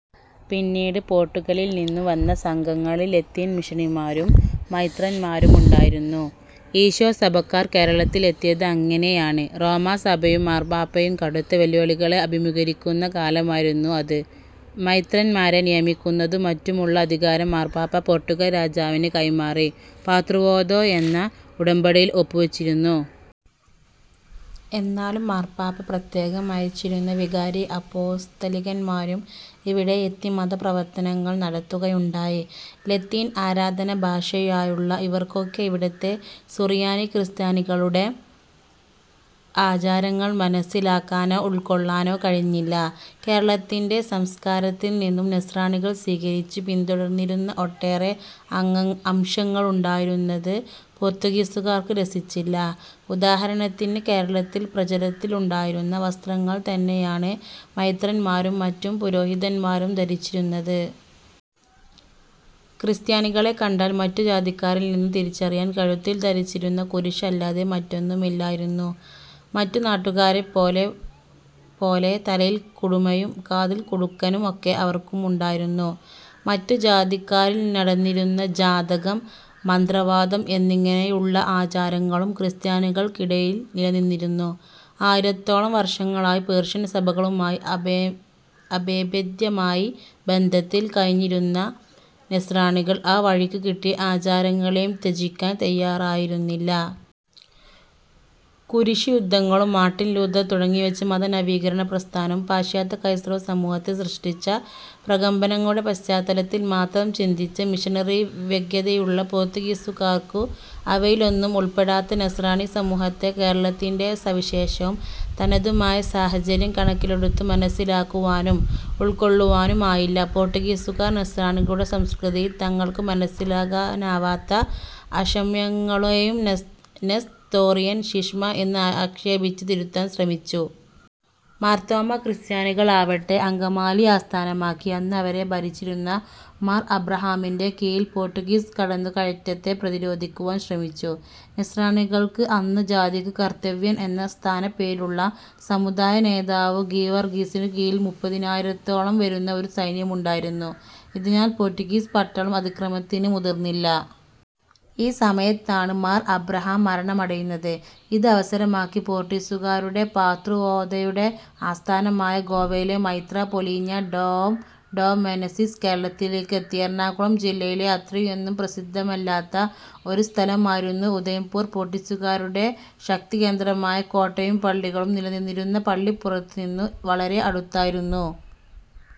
പിന്നീട് പോർട്ടുഗലിൽ നിന്നു വന്ന സംഘങ്ങളിൽ ലത്തീൻ മിഷണറിമാരും മെത്രാന്മാരും ഉണ്ടായിരുന്നു. ഈശോ സഭക്കാർ കേരളത്തിൽ എത്തിയത് അങ്ങനെയാണ്. റോമാ സഭയും മാർപാപ്പയും കടുത്ത വെല്ലുവിളികളെ അഭിമുഖീകരിക്കുന്ന കാലമായിരുന്നു അത്. മെത്രാന്മാരെ നിയമിക്കുന്നതും മറ്റുമുള്ള അധികാരം മാർപാപ്പ പോർട്ടുഗൽ രാജാവിന് കൈമാറി പാദ്രുവാദോ എന്ന ഉടമ്പടിയിൽ ഒപ്പു വച്ചിരുന്നു. എന്നാലും മാർപാപ്പ പ്രത്യേകം അയച്ചിരുന്ന വികാരി അപ്പോസ്തലികന്മാരും ഇവിടെ എത്തി മത പ്രവർത്തനങ്ങൾ നടത്തുകയുണ്ടായി. ലത്തീൻ ആരാധനാ ഭാഷയായുള്ള ഇവർക്കൊക്കെ ഇവിടത്തെ സുറിയാനി ക്രിസ്ത്യാനികളുടെ ആചാരങ്ങൾ മനസ്സിലാക്കാനോ ഉൾകൊള്ളാനോ കഴിഞ്ഞില്ല. കേരളത്തിന്റെ സംസ്കാരത്തിൽ നിന്നു നസ്രാണികൾ സ്വീകരിച്ച് പിന്തുടർന്നിരുന്ന ഒട്ടേറെ അംശങ്ങളുണ്ടായിരുന്നത് പോർത്തുഗീസുകാർക്കു രസിച്ചില്ല. ഉദാഹരണത്തിന് കേരളത്തിൽ പ്രചാരത്തിൽ ഉണ്ടായിരുന്ന വസ്ത്രങ്ങൾ തന്നെയാണ് മെത്രാന്മാരും മറ്റു പുരോഹിതന്മാരും ധരിച്ചിരുന്നത്. ക്രിസ്ത്യാനികളെ കണ്ടാൽ മറ്റു ജാതിക്കാരിൽ നിന്ന് തിരിച്ചറിയാൻ, കഴുത്തിൽ ധരിച്ചിരുന്ന കുരിശ് അല്ലാതെ മറ്റൊന്നുമില്ലായിരുന്നു. മറ്റു നാട്ടുകാരെപ്പോലെ പോലെ തലയിൽ കുടുമയും കാതിൽ കടുക്കനും ഒക്കെ അവർക്കുമുണ്ടായിരുന്നു. മറ്റു ജാതിക്കാരിൽ നടന്നിരുന്ന ജാതകം, മന്ത്രവാദം എന്നിങ്ങനെയുള്ള ആചാരങ്ങളും ക്രിസ്ത്യാനികൾക്കിടയിൽ നിലനിന്നിരുന്നു. ആയിരത്തോളം വർഷങ്ങളായി പേർഷ്യൻ സഭകളുമായി അഭേദ്യമായി ബന്ധത്തിൽ കഴിഞ്ഞിരുന്ന നസ്രാണികൾ ആ വഴിക്കു കിട്ടിയ ആചാരങ്ങളെയും ത്യജിക്കാൻ തയ്യാറായിരുന്നില്ല. കുരിശുയുദ്ധങ്ങളും മാർട്ടിൻ ലൂഥർ തുടങ്ങിവച്ച മത നവീകരണം പ്രസ്ഥാനവും പാശ്ചാത്യ ക്രൈസ്തവ സമൂഹത്തിൽ സൃഷ്ടിച്ച പ്രകമ്പനങ്ങളുടെ പശ്ചാത്തലത്തിൽ മാത്രം ചിന്തിച്ച മിഷണറി വ്യഗ്രതയുള്ള പോർത്തുഗീസുകാർക്കു അവയിലൊന്നും ഉൾപ്പെടാത്ത നസ്രാണി സമൂഹത്തെ കേരളത്തിന്റെ സവിശേഷവും തനതുമായ സാഹചര്യം കണക്കിലെടുത്ത് മനസ്സിലാക്കുവാനും ഉൾക്കൊള്ളുവാനും ആയില്ല. പോർട്ടുഗീസുകാർ നസ്രാണികളുടെ സംസ്കൃതിയിൽ തങ്ങൾക്കു മനസ്സിലാക്കാനാവാത്ത അംശങ്ങളെയെല്ലാം നെസ്തോറിയൻ ശീശ്മ എന്ന് ആക്ഷേപിച്ച് തിരുത്താൻ ശ്രമിച്ചു. മാർത്തോമ്മാ ക്രിസ്ത്യാനികൾ ആവട്ടെ അങ്കമാലി ആസ്ഥാനമാക്കി അന്ന് അവരെ ഭരിച്ചിരുന്ന മാർ അബ്രാഹാമിന്റെ കീഴിൽ പോർട്ടുഗീസ് കടന്നുകയറ്റത്തെ പ്രതിരോധിക്കുവാൻ ശ്രമിച്ചു. നസ്രാണികൾക്ക് അന്ന് ജാതിക്കു കർത്തവ്യൻ എന്ന സ്ഥാനപ്പേരുള്ള സമുദായ നേതാവു ഗീവർഗീസിനു കീഴിൽ മുപ്പതിനായിരത്തോളം വരുന്ന ഒരു സൈന്യം ഉണ്ടായിരുന്നു. ഇതിനാൽ പോർട്ടുഗീസ് പട്ടാളം അതിക്രമത്തിന് മുതിർന്നില്ല. ഈ സമയത്താണ് മാർ ആബ്രഹാം മരണമടയുന്നത്. ഇത് അവസരമാക്കി പോർട്ടുഗീസുകാരുടെ പാദ്രുവാദോയുടെ ആസ്ഥാനമായ ഗോവയിലെ മെത്രാപോലീത്ത ഡോം ഡോ. മെനസിസ് കേരളത്തിലേയ്ക്ക് എത്തി്. എറണാകുളം ജില്ലയിലെ അത്രയൊന്നും പ്രസിദ്ധമല്ലാത്ത ഒരു സ്ഥലമായിരുന്ന ഉദയംപേരൂർ പോർട്ടുഗീസുകാരുടേ ശക്തി കേന്ദ്രമായ കോട്ടയും പള്ളികളും നിലനിന്നിരുന്ന പള്ളിപ്പുറത്തു നിന്ന് വളരെ അടുത്തായിരുന്നു.